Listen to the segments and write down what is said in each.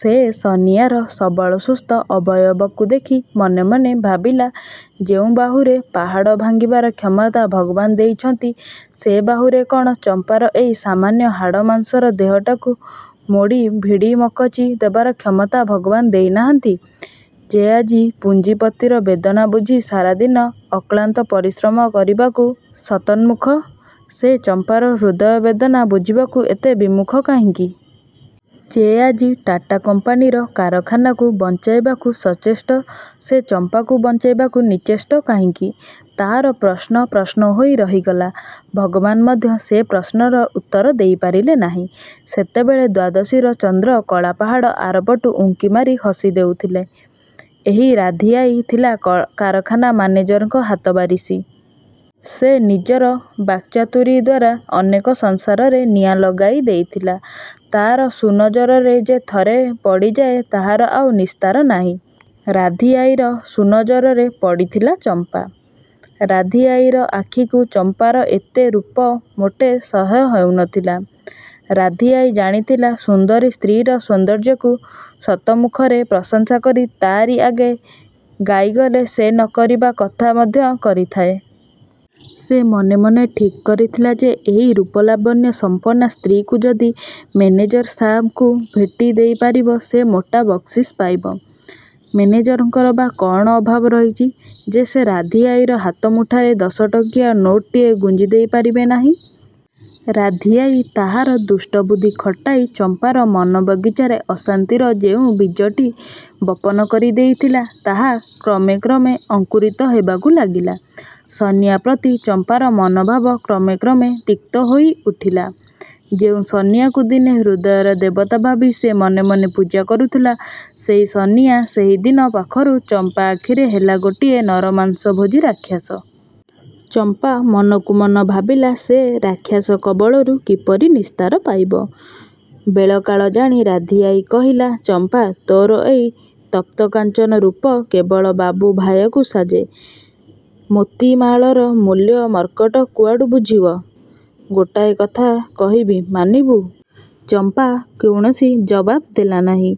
ସେ ସନିଆର ସବଳ ସୁସ୍ଥ ଅବୟବକୁ ଦେଖି ମନେମନେ ଭାବିଲା ଯେଉଁ ବାହୁରେ ପାହାଡ଼ ଭାଙ୍ଗିବାର କ୍ଷମତା ଭଗବାନ ଦେଇଛନ୍ତି ସେ ବାହୁରେ କ'ଣ ଚମ୍ପାର ଏଇ ସାମାନ୍ୟ ହାଡ଼ ମାଂସର ଦେହଟାକୁ ମୋଡ଼ି ଭିଡ଼ି ମକଚି ଦେବାର କ୍ଷମତା ଭଗବାନ ଦେଇନାହାନ୍ତି? ଯେ ଆଜି ପୁଞ୍ଜିପତିର ବେଦନା ବୁଝି ସାରାଦିନ ଅକ୍ଳାନ୍ତ ପରିଶ୍ରମ କରିବାକୁ ଶତନ୍ମୁଖ, ସେ ଚମ୍ପାର ହୃଦୟ ବେଦନା ବୁଝିବାକୁ ଏତେ ବିମୁଖ କାହିଁକି? ଯେ ଆଜି ଟାଟା କମ୍ପାନୀର କାରଖାନାକୁ ବଞ୍ଚାଇବାକୁ ସଚେଷ୍ଟ ସେ ଚମ୍ପାକୁ ବଞ୍ଚାଇବାକୁ ନିଶ୍ଚେଷ୍ଟ କାହିଁକି? ତା'ର ପ୍ରଶ୍ନ, ପ୍ରଶ୍ନ ହୋଇ ରହିଗଲା। ଭଗବାନ ମଧ୍ୟ ସେ ପ୍ରଶ୍ନର ଉତ୍ତର ଦେଇ ପାରିଲେ ନାହିଁ। ସେତେବେଳେ ଦ୍ୱାଦଶୀର ଚନ୍ଦ୍ର କଳାପାହାଡ଼ ଆରପଟୁ ଉଙ୍କିମାରି ହସିଦେଉଥିଲେ। ଏହି ରାଧୀଆଈ ଥିଲା କାରଖାନା ମାନେଜରଙ୍କ ହାତବାରିଶି। ସେ ନିଜର ବାକ୍ଚାତୁରୀଦ୍ୱାରା ଅନେକ ସଂସାରରେ ନିଆଁ ଲଗାଇ ଦେଇଥିଲା। ତା'ର ସୁନଜରରେ ଯେ ଥରେ ପଡ଼ିଯାଏ ତାହାର ଆଉ ନିସ୍ତାର ନାହିଁ। ରାଧୀଆଈର ସୁନଜରରେ ପଡ଼ିଥିଲା ଚମ୍ପା। ରାଧୀଆଈର ଆଖିକୁ ଚମ୍ପାର ଏତେ ରୂପ ମୋଟେ ସହ୍ୟ ହେଉନଥିଲା। ରାଧୀଆଈ ଜାଣିଥିଲା, ସୁନ୍ଦରୀ ସ୍ତ୍ରୀର ସୌନ୍ଦର୍ଯ୍ୟକୁ ଶତମୁଖରେ ପ୍ରଶଂସା କରି ତାରି ଆଗେ ଗାଇଗଲେ ସେ ନ କରିବା କଥା ମଧ୍ୟ କରିଥାଏ। ସେ ମନେମନେ ଠିକ୍ କରିଥିଲା ଯେ ଏହି ରୂପ ଲାବଣ୍ୟ ସମ୍ପର୍ଣ୍ଣା ସ୍ତ୍ରୀକୁ ଯଦି ମେନେଜର ସାହେବଙ୍କୁ ଭେଟି ଦେଇପାରିବ ସେ ମୋଟା ବକ୍ସିସ୍ ପାଇବ। ମେନେଜରଙ୍କର ବା କ'ଣ ଅଭାବ ରହିଛି ଯେ ସେ ରାଧୀଆଈର ହାତମୁଠାରେ ଦଶଟଙ୍କିଆ ନୋଟଟିଏ ଗୁଞ୍ଜିଦେଇ ପାରିବେ ନାହିଁ? ରାଧୀଆଈ ତାହାର ଦୁଷ୍ଟବୁଦ୍ଧି ଖଟାଇ ଚମ୍ପାର ମନବଗିଚାରେ ଅଶାନ୍ତିର ଯେଉଁ ବୀଜଟି ବପନ କରିଦେଇଥିଲା ତାହା କ୍ରମେ କ୍ରମେ ଅଙ୍କୁରିତ ହେବାକୁ ଲାଗିଲା। ସନିଆ ପ୍ରତି ଚମ୍ପାର ମନଭାବ କ୍ରମେ କ୍ରମେ ତିକ୍ତ ହୋଇଉଠିଲା। ଯେଉଁ ସନିଆକୁ ଦିନେ ହୃଦୟର ଦେବତା ଭାବି ସେ ମନେମନେ ପୂଜା କରୁଥିଲା, ସେହି ସନିଆ ସେହିଦିନ ପାଖରୁ ଚମ୍ପା ଆଖିରେ ହେଲା ଗୋଟିଏ ନରମାଂସ ଭୋଜି ରାକ୍ଷସ। ଚମ୍ପା ମନକୁ ମନ ଭାବିଲା ସେ ରାକ୍ଷାସ କବଳରୁ କିପରି ନିସ୍ତାର ପାଇବ? ବେଳକାଳ ଜାଣି ରାଧୀଆଈ କହିଲା, ''ଚମ୍ପା! ତୋର ଏଇ ତପ୍ତକାଞ୍ଚନ ରୂପ କେବଳ ବାବୁ, ଭାୟାକୁ ସାଜେ। ମୋତି ମାଳର ମୂଲ୍ୟ ମର୍କଟ କୁଆଡ଼ୁ ବୁଝିବ? ଗୋଟାଏ କଥା କହିବି ମାନିବୁ? '' ଚମ୍ପା କୌଣସି ଜବାବ୍ ଦେଲା ନାହିଁ।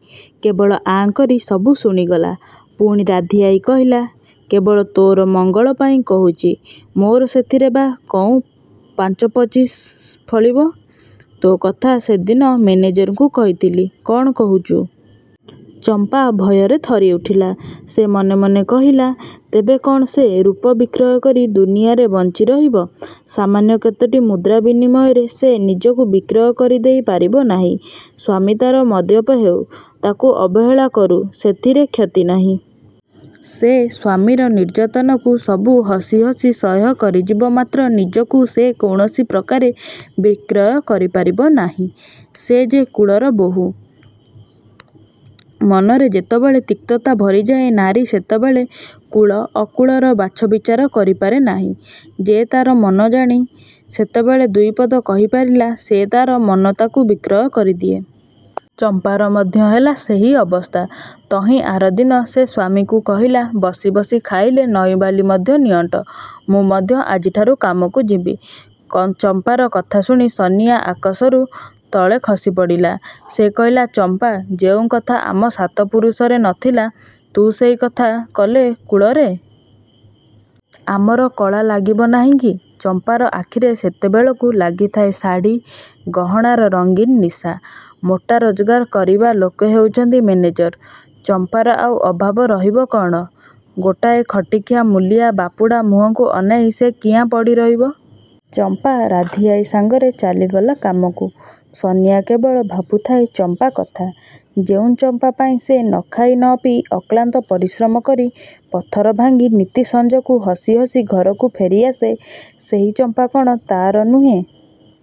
କେବଳ ଆଁ କରି ସବୁ ଶୁଣିଗଲା। ପୁଣି ରାଧୀଆଈ କହିଲା, ''କେବଳ ତୋର ମଙ୍ଗଳ ପାଇଁ କହୁଛି। ମୋର ସେଥିରେ ବା କଉଁ ପାଞ୍ଚ ପଚିଶ ଫଳିବ। ତୋ କଥା ସେଦିନ ମେନେଜରଙ୍କୁ କହିଥିଲି। କ'ଣ କହୁଛୁ? '' ଚମ୍ପା ଭୟରେ ଥରିଉଠିଲା। ସେ ମନେମନେ କହିଲା, ''ତେବେ କ'ଣ ସେ ରୂପ ବିକ୍ରୟକରି ଦୁନିଆରେ ବଞ୍ଚିରହିବ? ସାମାନ୍ୟ କେତୋଟି ମୁଦ୍ରା ବିନିମୟରେ ସେ ନିଜକୁ ବିକ୍ରୟ କରିଦେଇ ପାରିବ ନାହିଁ। ସ୍ୱାମୀ ତା'ର ମଦ୍ୟପ ହେଉ, ତାକୁ ଅବହେଳା କରୁ, ସେଥିରେ କ୍ଷତି ନାହିଁ। ସେ ସ୍ଵାମୀର ନିର୍ଯ୍ୟାତନା ସବୁ ହସି ହସି ସହ୍ୟ କରିଯିବ ମାତ୍ର ନିଜକୁ ସେ କୌଣସି ପ୍ରକାରେ ବିକ୍ରୟ କରିପାରିବ ନାହିଁ। ସେ ଯେ କୁଳର ବୋହୂ। '' ମନରେ ଯେତେବେଳେ ତିକ୍ତତା ଭରିଯାଏ ନାରୀ ସେତେବେଳେ କୁଳ, ଅକୁଳର ବାଛବିଚାର କରିପାରେ ନାହିଁ। ଯେ ତା'ର ମନଜାଣି ସେତେବେଳେ ଦୁଇପଦ କହିପାରିଲା ସେ ତା'ର ମନ ତାକୁ ବିକ୍ରୟ କରିଦିଏ। ଚମ୍ପାର ମଧ୍ୟ ହେଲା ସେହି ଅବସ୍ଥା। ତହିଁ ଆରଦିନ ସେ ସ୍ୱାମୀକୁ କହିଲା, ''ବସି ବସି ଖାଇଲେ ନଈବାଲି ମଧ୍ୟ ନିଅଣ୍ଟ। ମୁଁ ମଧ୍ୟ ଆଜିଠାରୁ କାମକୁ ଯିବି। '' ଚମ୍ପାର କଥା ଶୁଣି ସନିଆ ଆକାଶରୁ ତଳେ ଖସିପଡ଼ିଲା। ସେ କହିଲା, ''ଚମ୍ପା! ଯେଉଁ କଥା ଆମ ସାତ ପୁରୁଷରେ ନ ଥିଲା ତୁ ସେହି କଥା କଲେ କୁଳରେ। ଆମର କଳା ଲାଗିବ ନାହିଁକି-? '' ଚମ୍ପାର ଆଖିରେ ସେତେବେଳକୁ ଲାଗିଥାଏ ଶାଢ଼ି ଗହଣାର ରଙ୍ଗୀନ ନିଶା। ମୋଟା ରୋଜଗାର କରିବା ଲୋକ ହେଉଛନ୍ତି ମେନେଜର। ଚମ୍ପାର ଆଉ ଅଭାବ ରହିବ କ'ଣ? ଗୋଟାଏ ଖଟିଖିଆ ମୂଲିଆ ବାପୁଡ଼ା ମୁହଁକୁ ଅନାଇ ସେ କିଆଁ ପଡ଼ିରହିବ? ଚମ୍ପା ରାଧୀଆଈ ସାଙ୍ଗରେ ଚାଲିଗଲା କାମକୁ। ସନିଆ କେବଳ ଭାବୁଥାଏ ଚମ୍ପା କଥା-। ଯେଉଁ ଚମ୍ପା ପାଇଁ ସେ ନଖାଇ, ନପିଇ ଅକ୍ଳାନ୍ତ ପରିଶ୍ରମ କରି ପଥର ଭାଙ୍ଗି ନିତି ସଞ୍ଜକୁ ହସି ହସି ଘରକୁ ଫେରିଆସେ, ସେହି ଚମ୍ପା କ'ଣ ତା'ର ନୁହେଁ?